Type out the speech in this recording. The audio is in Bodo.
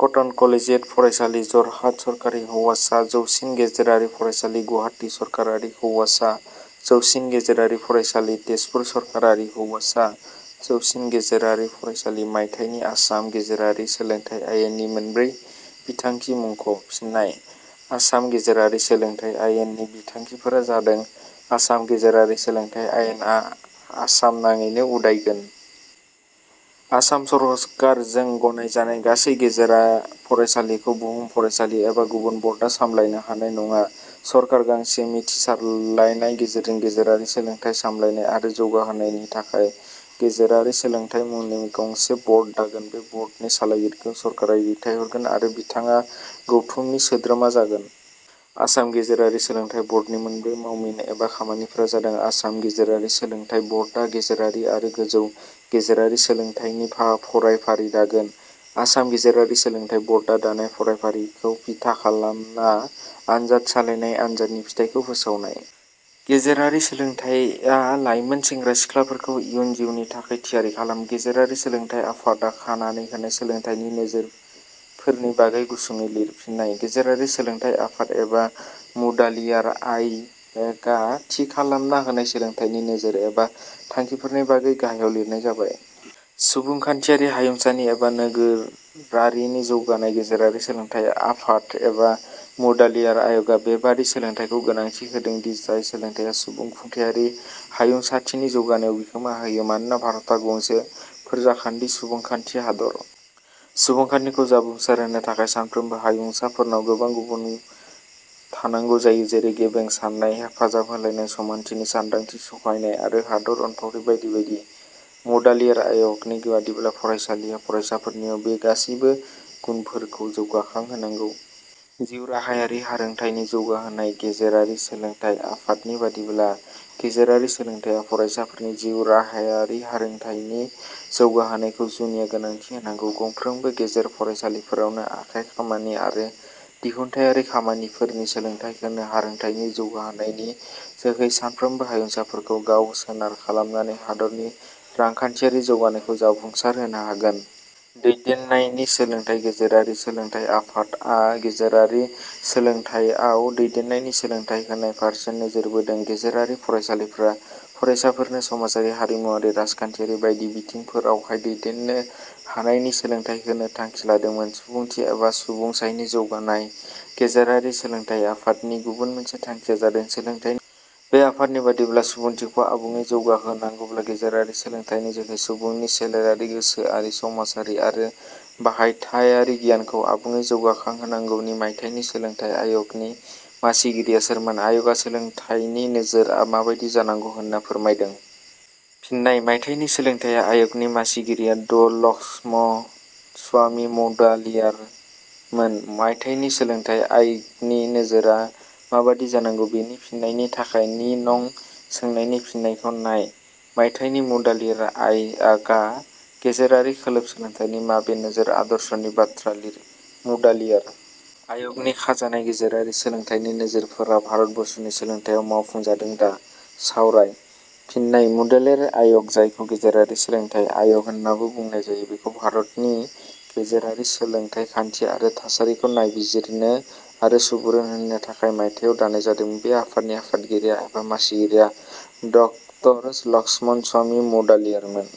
कटन कलेजियेट फरायसालि। जरहाट सरकारि हौवासा जौसिन गेजेरारि फरायसालि। गुवाहाटि सरकारि हौवासा जौसिन गेजेरारि फरायसालि। टेजपुर सरकारि हौवासा जौसिन गेजेरारि फरायसालि।. मायथाइनि आसाम गेजेरारि सोलोंथाइ आयेननि मोनब्रै बिथांखि मुंख'। फिन्नाय: आसाम गेजेरारि सोलोंथाइ आयेन, नि बिथांखि फोरा जादों: आसाम गेजेरारि सोलोंथाइ आयेन आ आसाम नाङैनो उदायगोन। आसाम सरकारजों गनाय जानाय गासै गेजेरा फरायसालिखौ भुम फरायसालि एबा गुबुन बर्ड आ सामलायनो हानाय नङा। सरकारा गांसे मिथिसारलायनाय गेजेरजों गेजेरारि सोलोंथाइनि सामलायनाय, आरो जौगाहोनायनि थाखाय गेजेरारि सोलोंथाइ मुंनि गंसे बर्ड दागोन। बे बर्डनि सालायगिरिखौ सरकारा दैथायहरगोन आरो बिथाङा गौथुमनि सोद्रोमा जागोन। आसाम गेजेरारि सोलोंथाइ बर्डनि मोनब्रै मावमिन एबा खामानिफोरा जादों: आसाम गेजेरारि सोलोंथाइ बर्डआ गेजेरारि आरो गोजौ गेजेरारि सोलोंथाइनि फरायफारि दागोन। आसाम गेजेरारि सोलोंथाइ बर्डाआ दानाय फरायफारिखौ बिथा खालामना आनजाद सालायनाय। आनजादनि फिथायखौ फोसावनाय। गेजेरारि सोलोंथाइया लाइमोन सेंग्रा सिख्लाफोरखौ इयुन जिउनि थाखै थियारि खालामो।.गेजेरारि सोलोंथाइ आफादा खानानै होनाय सोलोंथाइनि नोजोरफोरनि बागै गुसुङैलिर। फिन्नाय: गेजेरारि सोलोंथाइ आफाद - एबा मुडालियार आय 'गा थि खालामना होनाय सोलोंथाइनि नोजोर एबा थांखिफोरनि बागै गाहायाव लिरनाय जाबाय:. सुबुंखान्थियारि हायुंसानि एबा नोगोरारिनि जौगानाय: गेजेरारि सोलोंथाइ आफाद एबा मुडालियार आय 'गा बे बादि सोलोंथाइखौ गोनांथि होदों दि जाय सोलोंथाइया सुबुं खुंथायारि हायुंसाथिनि जौगानायाव बिहोमा होयो। मानोना भारता गंसे फोरजाखान्थि सुबुंखान्थि हादर। सुबुंखान्थिखौ जाफुंसारहोनो थाखाय साफ्रोमबो हायुंसाफोरनाव गोबां गुबुन थानांगौ जायो जेरै – गेबें साननाय, हेफाजाबहोलायनाय, समानथिनि सानदांथि, सहायनाय आरो हादर अनफावरि बायदि बायदि। मुडालियार आय 'गनि बादिब्ला, फरायसालिया फरायसाफोरनियाव बे गासैबो गुनफोरखौ जौगाखां होनांगौ।. जिउ राहायारि हारोंथाइनि जौगाहोनाय: गेजेरारि सोलोंथाइ आफाद - नि बादिब्ला गेजेरारि सोलोंथाइया फरायसाफोरनि जिउ राहायारि हारोंथाइनि जौगाहोनायखौ जुनिया गोनांथि होनांगौ। गंफ्रोमबो गेजेरारि फरायसालिफोरावनो आखाइ खामानि आरो दिहुनथायारि खामानिफोरनि सोलोंथाइ होनो हारोंथाइनि जौगाहोनायनि जोहै साफ्रोमबो हायुंसाफोरखौ गाव सोनार खालामनानै हादरनि रांखान्थियारि जौगानायखौ जाफुंसार होनो हागोन।. दैदेननायनि सोलोंथाइ :गेजेरारि सोलोंथाइ आफाद - आ गेजेरारि सोलोंथाइयाव दैदेननायनि सोलोंथाइ होनाय फारसे नोजोर बोदों। गेजेरारि फरायसालिफोरा फरायसाफोरनो समाजारि, हारिमुवारि, राजखान्थियारि बायदि बिथिं फोरावहाय दैदेननो हानायनि सोलोंथाइ होनो थांखि लादोंमोन।. सुबुंथि एबा सुबुंसायनि जौगानाय: गेजेरारि सोलोंथाइ आफाद - नि गुबुन मोनसे थांखिया जादों सोलोंथाइनि जोहै सुबुंथि एबा सुबुंसायनि जौगाहोनाय। बे आफादनि बादिब्ला सुबुंथिखौ आबुङै जौगाहो- नांगौब्ला गेजेरारि सोलोंथाइनि जोहै सुबुंनि सोलेरारि, गोसोआरि, समाजारि आरो बाहायथायारि गियानखौ आबुङै जौगाखांहोनांगौनि।. - मायथाइनि सोलोंथाइ आय 'गनि मासिगिरिया सोरमोन? आय 'गा सोलोंथाइनि नोजोरा माबायदि जानांगौ होनना फोरमायदों? फिन्नाय: - मायथाइनि सोलोंथाइ आय 'गनि मासिगिरिया ड लक्षमणस्वामि मुडालियार मोन। - मायथाइनि सोलोंथाइ आय 'गनि नोजोरा। माबादि जानांगौ बेनि फिननायनि थाखाय नि नं सोंनायनि फिननायखौ नाय।. - मायथाइनि मुडालियार आय 'गा गेजेरारि खोलोब सोलोंथाइनि माबे नोजोर आदर्शनि बाथ्रा लिर।.मुडालियार आय 'गनि खानाय गेजेरारि सोलोंथाइनि नोजोरफोरा भारतबर्षनि सोलोंथाइयाव मावफुंजादों दा। सावराय। फिन्नाय: मुडालियार आयग जायखौ गेजेरारि सोलोंथाइ आय'ग - होननाबो बुंनाय जायो, बेखौ भारतनि गेजेरारि सोलोंथाइ खान्थि आरो थासारिखौ नायबिजिरनो आरो सुबुरुन होनो थाखाय मायथाइयाव दानाय जादोंमोन। बे आफादनि आफादगिरिया एबा मासिगिरिया ड लक्षमणस्वामि मुडालियार मोन।